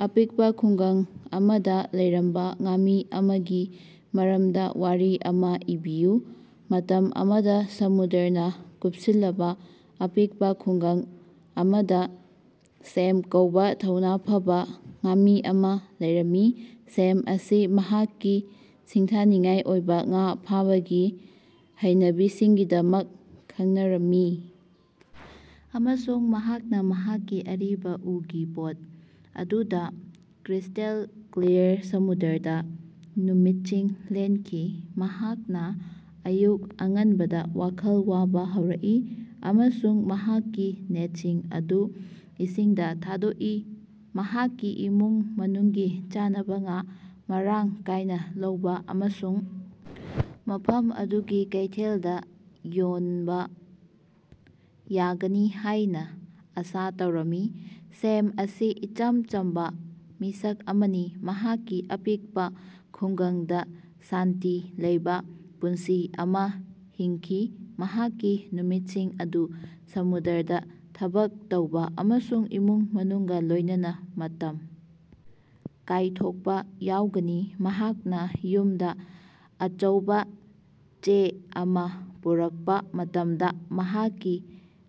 ꯑꯄꯤꯛꯄꯥ ꯈꯨꯉ꯭ꯒꯪ ꯑꯃꯗꯥ ꯂꯩꯔꯝꯕꯥ ꯉꯥꯃꯤ ꯑꯃꯒꯤ ꯃꯔꯝꯗꯥ ꯋꯥꯔꯤ ꯑꯃꯥ ꯏꯕꯤꯌꯨ꯫ ꯃꯇꯝ ꯑꯃꯗꯥ ꯁꯃꯨꯗ꯭ꯔꯅꯥ ꯀꯨꯄꯁꯤꯜꯂꯕꯥ ꯑꯄꯤꯛꯄꯥ ꯈꯨꯡꯒꯪ ꯑꯃꯗꯥ ꯁꯦꯝ ꯀꯧꯕꯥ ꯊꯧꯅꯥ ꯐꯕꯥ ꯉꯥꯃꯤ ꯑꯃꯥ ꯂꯩꯔꯝꯃꯤ꯫ ꯁꯦꯝ ꯑꯁꯤ ꯃꯍꯥꯛꯀꯤ ꯁꯤꯡꯊꯥꯅꯤꯡꯉꯥꯏ ꯑꯣꯏꯕꯥ ꯉꯥ ꯐꯥꯕꯒꯤ ꯍꯩꯅꯕꯤꯁꯤꯡꯒꯤꯗꯃꯛ ꯈꯪꯅꯔꯝꯃꯤ ꯫ꯑꯃꯁꯨꯡ ꯃꯍꯥꯛꯅꯥ ꯃꯍꯥꯛꯀꯤ ꯑꯔꯤꯕꯥ ꯎꯒꯤ ꯕꯣꯠ ꯑꯗꯨꯗꯥ ꯀ꯭ꯔꯤꯁ꯭ꯇꯦꯜ ꯀ꯭ꯂꯤꯌꯔ ꯁꯃꯨꯗ꯭ꯔꯗꯥ ꯅꯨꯃꯤꯠꯁꯤꯡ ꯂꯦꯟꯈꯤ꯫ ꯃꯍꯥꯛꯅꯥ ꯑꯌꯨꯛ ꯑꯉꯟꯕꯗꯥ ꯋꯥꯈꯜ ꯋꯥꯕꯥ ꯍꯧꯔꯛꯏ ꯫ꯑꯃꯁꯨꯡ ꯃꯍꯥꯛꯀꯤ ꯅꯦꯠꯁꯤꯡ ꯑꯗꯨ ꯏꯁꯤꯡꯗꯥ ꯊꯥꯗꯣꯛꯏ꯫ ꯃꯍꯥꯛꯀꯤ ꯏꯃꯨꯡ ꯃꯅꯨꯡꯒꯤ ꯆꯥꯅꯕꯥ ꯉꯥ ꯃꯔꯥꯡ ꯀꯥꯌꯅꯥ ꯂꯧꯕꯥ ꯑꯃꯁꯨꯡ ꯃꯐꯝ ꯑꯗꯨꯒꯤ ꯀꯩꯊꯦꯜꯗꯥ ꯌꯣꯟꯕ ꯌꯥꯒꯅꯤ ꯍꯥꯏꯅꯥ ꯑꯥꯁꯥ ꯇꯧꯔꯝꯃꯤ꯫ ꯁꯦꯝ ꯑꯁꯤ ꯏꯆꯝ ꯆꯝꯕꯥ ꯃꯤꯁꯛ ꯑꯃꯅꯤ꯫ ꯃꯍꯥꯛꯀꯤ ꯑꯄꯤꯛꯄꯥ ꯈꯨꯡꯒꯪꯗꯥ ꯁꯥꯟꯇꯤ ꯂꯩꯕꯥ ꯄꯨꯟꯁꯤ ꯑꯃꯥ ꯍꯤꯡꯈꯤ꯫ ꯃꯍꯥꯛꯀꯤ ꯅꯨꯃꯤꯠꯁꯤꯡ ꯑꯗꯨ ꯁꯃꯨꯗ꯭ꯔꯗꯥ ꯊꯕꯛ ꯇꯧꯕꯥ ꯑꯃꯁꯨꯡ ꯏꯃꯨꯡ ꯃꯅꯨꯡꯒꯥ ꯂꯣꯏꯅꯅꯥ ꯃꯇꯝ ꯀꯥꯏꯊꯣꯛꯄꯥ ꯌꯥꯎꯒꯅꯤ꯫ ꯃꯍꯥꯛꯅꯥ ꯌꯨꯝꯗꯥ ꯑꯆꯧꯕꯥ ꯆꯦ ꯑꯃꯥ ꯄꯨꯔꯛꯄꯥ ꯃꯇꯝꯗꯥ ꯃꯍꯥꯛꯀꯤ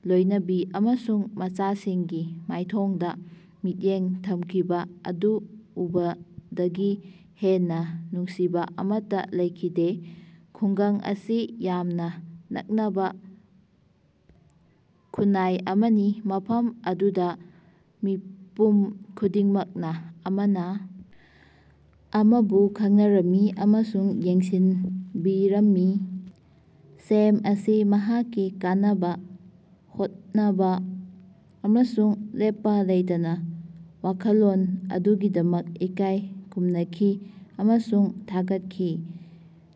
ꯂꯣꯏꯅꯕꯤ ꯑꯃꯁꯨꯡ ꯃꯆꯥꯁꯤꯡꯒꯤ ꯃꯥꯏꯊꯣꯡꯗꯥ ꯃꯤꯠꯌꯦꯡ ꯊꯝꯈꯤꯕꯥ ꯑꯗꯨ ꯎꯕꯗꯒꯤ ꯍꯦꯟꯅꯥ ꯅꯨꯡꯁꯤꯕꯥ ꯑꯃꯠꯇꯥ ꯂꯩꯈꯤꯗꯦ꯫ ꯈꯨꯡꯒꯪ ꯑꯁꯤ ꯌꯥꯝꯅꯥ ꯅꯛꯅꯕꯥ ꯈꯨꯟꯅꯥꯏ ꯑꯃꯅꯤ꯫ ꯃꯐꯝ ꯑꯗꯨꯗꯥ ꯃꯤꯄꯨꯝ ꯈꯨꯗꯤꯡꯃꯛꯅꯥ ꯑꯃꯅꯥ ꯑꯃꯕꯨ ꯈꯪꯅꯔꯝꯃꯤ ꯑꯃꯁꯨꯡ ꯌꯦꯡꯁꯤꯅꯕꯤꯔꯝꯃꯤ꯫ ꯁꯦꯝ ꯑꯁꯤ ꯃꯍꯥꯛꯀꯤ ꯀꯟꯅꯥ ꯍꯣꯠꯅꯕꯥ ꯑꯃꯁꯨꯡ ꯂꯦꯞꯄꯥ ꯂꯩꯇꯕꯥ ꯋꯥꯈꯜꯂꯣꯟ ꯑꯗꯨꯒꯤꯗꯃꯛ ꯏꯀꯥꯢ ꯈꯨꯝꯅꯈꯤ ꯑꯃꯁꯨꯡ ꯊꯥꯒꯠꯈꯤ꯫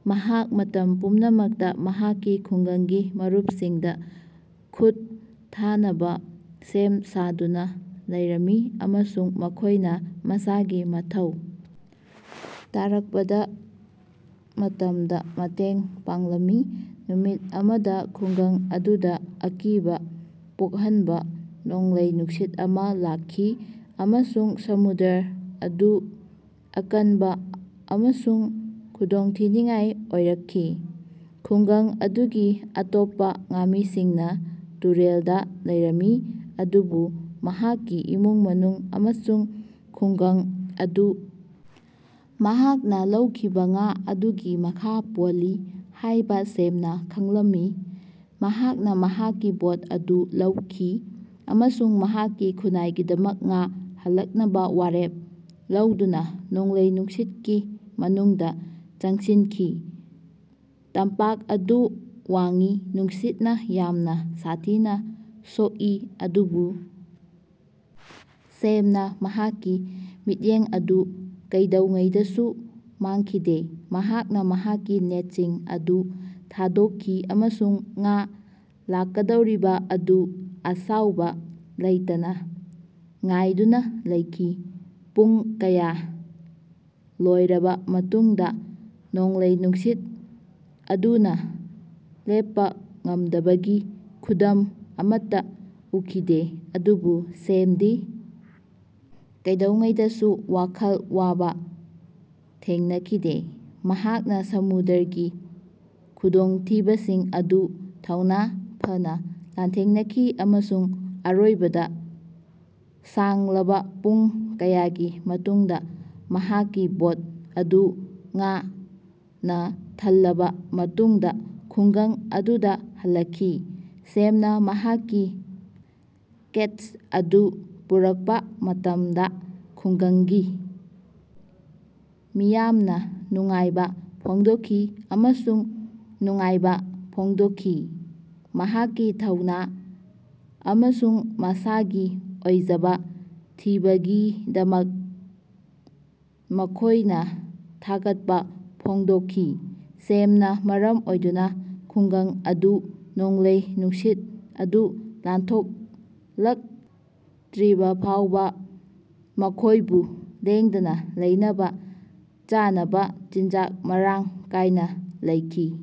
ꯃꯍꯥꯛ ꯃꯇꯝ ꯄꯨꯝꯅꯃꯛꯇꯥ ꯃꯍꯥꯛꯀꯤ ꯈꯨꯡꯒꯪꯒꯤ ꯃꯔꯨꯄꯁꯤꯡꯗꯥ ꯈꯨꯠ ꯊꯥꯅꯕꯥ ꯁꯦꯝ ꯁꯥꯗꯨꯅꯥ ꯂꯩꯔꯝꯃꯤ꯫ ꯑꯃꯁꯨꯡ ꯃꯈꯣꯏꯅꯥ ꯃꯁꯥꯒꯤ ꯃꯊꯧ ꯇꯥꯔꯛꯄꯥ ꯃꯇꯝꯗꯥ ꯃꯇꯦꯡ ꯄꯥꯡꯂꯝꯃꯤ꯫ ꯅꯨꯃꯤꯠ ꯑꯃꯗꯥ ꯈꯨꯉ꯭ꯒꯪ ꯑꯗꯨꯗꯥ ꯑꯀꯤꯕꯥ ꯄꯣꯛꯍꯟꯕꯥ ꯅꯣꯡꯂꯩ-ꯅꯨꯡꯁꯤꯠ ꯑꯃꯥ ꯂꯥꯛꯈꯤ꯫ ꯑꯃꯁꯨꯡ ꯁꯃꯨꯗ꯭ꯔ ꯑꯗꯨ ꯑꯀꯟꯕꯥ ꯑꯃꯁꯨꯡ ꯈꯨꯗꯣꯡꯊꯤꯅꯤꯡꯉꯥꯏ ꯑꯣꯏꯔꯛꯈꯤ꯫ ꯈꯨꯡꯒꯪ ꯑꯗꯨꯒꯤ ꯑꯇꯣꯞꯄꯥ ꯉꯥꯃꯤꯁꯤꯡꯅꯥ ꯇꯨꯔꯦꯜꯗꯥ ꯂꯩꯔꯝꯃꯤ ꯑꯗꯨꯕꯨ ꯃꯍꯥꯛꯀꯤ ꯏꯃꯨꯡ ꯃꯅꯨꯡ ꯑꯃꯁꯨꯡ ꯈꯨꯡꯒꯪ ꯑꯗꯨ ꯃꯍꯥꯛꯅꯥ ꯂꯧꯈꯤꯕꯥ ꯉꯥ ꯑꯗꯨꯒꯤ ꯃꯈꯥ ꯄꯣꯜꯂꯤ ꯍꯥꯏꯕꯥ ꯁꯦꯝꯅꯥ ꯈꯪꯂꯝꯃꯤ꯫ ꯃꯍꯥꯛꯅꯥ ꯃꯍꯥꯛꯀꯤ ꯕꯣꯠ ꯑꯗꯨ ꯂꯧꯈꯤ ꯑꯃꯁꯨꯡ ꯃꯍꯥꯛꯀꯤ ꯈꯨꯟꯅꯥꯏꯒꯤꯗꯃꯛ ꯉꯥ ꯍꯜꯂꯛꯅꯕꯥ ꯋꯥꯔꯦꯞ ꯂꯧꯗꯨꯅꯥ ꯅꯣꯡꯂꯩ ꯅꯨꯡꯁꯤꯠꯀꯤ ꯃꯅꯨꯡꯗꯥ ꯆꯪꯁꯤꯟꯈꯤ꯫ ꯇꯝꯄꯥꯛ ꯑꯗꯨ ꯋꯥꯡꯏ, ꯅꯨꯡꯁꯤꯠꯅꯥ ꯌꯥꯝꯅꯥ ꯁꯥꯊꯤꯅꯥ ꯁꯣꯛꯏ ꯑꯗꯨꯕꯨ ꯁꯦꯝꯅꯥ ꯃꯍꯥꯛꯀꯤ ꯃꯤꯠꯌꯦꯡ ꯑꯗꯨ ꯀꯩꯗꯧꯉꯩꯗꯁꯨ ꯃꯥꯡꯈꯤꯗꯦ꯫ ꯃꯍꯥꯛꯅꯥ ꯃꯍꯥꯛꯀꯤ ꯅꯦꯠꯁꯤꯡ ꯑꯗꯨ ꯊꯥꯗꯣꯛꯈꯤ ꯑꯃꯁꯨꯡ ꯉꯥ ꯂꯥꯛꯀꯗꯧꯔꯤꯕꯥ ꯑꯗꯨ ꯑꯁꯥꯎꯕꯥ ꯂꯩꯇꯅꯥ ꯉꯥꯏꯗꯨꯅꯥ ꯂꯩꯈꯤ꯫ ꯄꯨꯡ ꯀꯌꯥ ꯂꯣꯏꯔꯕꯥ ꯃꯇꯨꯡꯗꯥ ꯅꯣꯡꯂꯩ ꯅꯨꯡꯁꯤꯠ ꯑꯗꯨꯅꯥ ꯂꯦꯞꯄꯥ ꯉꯝꯗꯕꯒꯤ ꯈꯨꯗꯝ ꯑꯃꯠꯇꯥ ꯎꯈꯤꯗꯦ ꯑꯗꯨꯕꯨ ꯁꯦꯃꯗꯤ ꯀꯩꯗꯧꯉꯩꯗꯁꯨ ꯋꯥꯈꯜ ꯋꯥꯕꯥ ꯊꯦꯡꯅꯈꯤꯗꯦ꯫ ꯃꯍꯥꯛꯅꯥ ꯁꯃꯨꯗ꯭ꯔꯒꯤ ꯈꯨꯗꯣꯡꯊꯤꯕꯁꯤꯡ ꯑꯗꯨ ꯊꯧꯅꯥ ꯐꯅꯥ ꯂꯥꯟꯊꯦꯡꯅꯈꯤ ꯑꯃꯁꯨꯡ ꯑꯔꯣꯏꯕꯗꯥ ꯁꯥꯡꯂꯕꯥ ꯄꯨꯡ ꯀꯌꯥꯒꯤ ꯃꯇꯨꯡꯗꯥ ꯃꯍꯥꯛꯀꯤ ꯕꯣꯠ ꯑꯗꯨ ꯉꯥꯅꯥ ꯊꯜꯂꯕꯥ ꯃꯇꯨꯡꯗꯥ ꯈꯨꯉ꯭ꯒꯪ ꯑꯗꯨꯗꯥ ꯍꯜꯂꯛꯈꯤ꯫ ꯁꯦꯃꯅꯥ ꯃꯍꯥꯛꯀꯤ ꯀꯦꯆ ꯑꯗꯨ ꯄꯨꯔꯛꯄꯥ ꯃꯇꯝꯗꯥ ꯈꯨꯡꯒꯪꯒꯤ ꯃꯤꯌꯥꯝꯅꯥ ꯅꯨꯡꯉꯥꯏꯕꯥ ꯐꯣꯡꯗꯣꯛꯈꯤ ꯑꯃꯁꯨꯡ ꯅꯨꯡꯉꯥꯏꯕꯥ ꯐꯣꯡꯗꯣꯛꯈꯤ꯫ ꯃꯍꯥꯛꯀꯤ ꯊꯧꯅꯥ ꯑꯃꯁꯨꯡ ꯃꯁꯥꯒꯤ ꯑꯣꯏꯖꯕꯥ ꯊꯤꯕꯒꯤꯗꯃꯛ ꯃꯈꯣꯏꯅꯥ ꯊꯥꯒꯠꯄꯥ ꯐꯣꯡꯗꯣꯛꯈꯤ꯫ ꯁꯦꯃꯅꯥ ꯃꯔꯝ ꯑꯣꯏꯗꯨꯅꯥ ꯈꯨꯡꯒꯪ ꯑꯗꯨꯗꯥ ꯅꯣꯡꯂꯩ ꯅꯨꯡꯁꯤꯠ ꯑꯗꯨ ꯂꯥꯟꯊꯣꯛꯂꯛ ꯇꯔꯤꯐꯥꯎꯕꯥ ꯃꯈꯣꯏꯕꯨ ꯂꯦꯡꯗꯅꯥ ꯂꯩꯅꯕꯥ ꯆꯥꯅꯕꯥ ꯆꯤꯟꯖꯥꯛ ꯃꯔꯥꯡ ꯀꯥꯌꯅꯥ ꯂꯩꯈꯤ꯫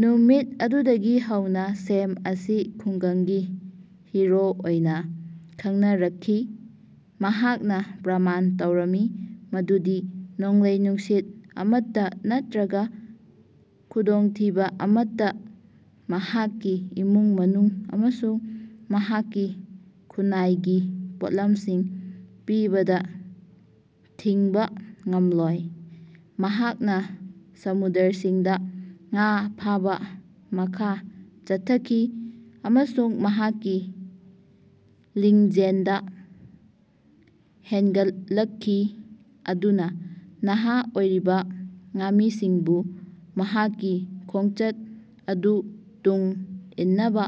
ꯅꯨꯃꯤꯠ ꯑꯗꯨꯗꯒꯤ ꯍꯧꯅꯥ ꯁꯦꯝ ꯑꯁꯤ ꯈꯨꯉ꯭ꯒꯪꯒꯤ ꯍꯤꯔꯣ ꯑꯣꯏꯅꯥ ꯈꯪꯅꯔꯛꯈꯤ꯫ ꯃꯍꯥꯛꯅꯥ ꯄ꯭ꯔꯃꯥꯟ ꯇꯧꯔꯝꯃꯤ ꯃꯗꯨꯗꯤ ꯅꯣꯡꯂꯩ-ꯅꯨꯡꯁꯤꯠ ꯑꯃꯠꯇꯥ ꯅꯠꯇ꯭ꯔꯒꯥ ꯈꯨꯗꯣꯡꯊꯤꯕꯥ ꯑꯃꯠꯇꯥ ꯃꯍꯥꯛꯀꯤ ꯏꯃꯨꯡ-ꯃꯅꯨꯡ ꯑꯃꯁꯨꯡ ꯃꯍꯥꯛꯀꯤ ꯈꯨꯟꯅꯥꯏꯒꯤ ꯄꯣꯠꯂꯝꯁꯤꯡ ꯄꯤꯕꯗꯥ ꯊꯤꯡꯕꯥ ꯉꯝꯂꯣꯏ꯫ ꯃꯍꯥꯛꯅꯥ ꯁꯃꯨꯗ꯭ꯔꯁꯤꯡꯗꯥ ꯉꯥ ꯐꯥꯕꯥ ꯃꯈꯥ ꯆꯠꯊꯈꯤ, ꯑꯃꯁꯨꯡ ꯃꯍꯥꯛꯀꯤ ꯂꯤꯖꯦꯟꯗꯥ ꯍꯦꯅꯒꯠꯂꯛꯈꯤ꯫ ꯃꯗꯨꯅꯥ ꯅꯍꯥ ꯑꯣꯏꯔꯤꯕꯥ ꯉꯥꯃꯤꯁꯤꯡꯕꯨ ꯃꯍꯥꯛꯀꯤ ꯈꯣꯡꯆꯠ ꯑꯗꯨ ꯇꯨꯡ ꯏꯟꯅꯕꯥ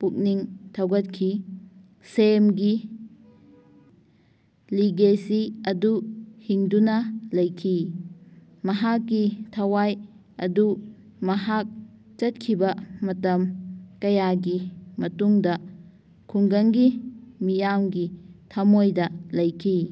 ꯄꯨꯛꯅꯤꯡ ꯊꯧꯒꯠꯈꯤ꯫ ꯁꯦꯝꯒꯤ ꯂꯤꯒꯦꯁꯤ ꯑꯗꯨ ꯍꯤꯡꯗꯨꯅꯥ ꯂꯩꯈꯤ꯫, ꯃꯍꯥꯛꯀꯤ ꯊꯋꯥꯏ ꯑꯗꯨ ꯃꯍꯥꯛ ꯆꯠꯈꯤꯕꯥ ꯃꯇꯝ ꯀꯌꯥꯒꯤ ꯃꯇꯨꯡꯗꯥ ꯈꯨꯡꯒꯪꯒꯤ ꯃꯤꯌꯥꯃꯒꯤ ꯊꯝꯃꯣꯏꯗꯥ ꯂꯩꯈꯤ꯫।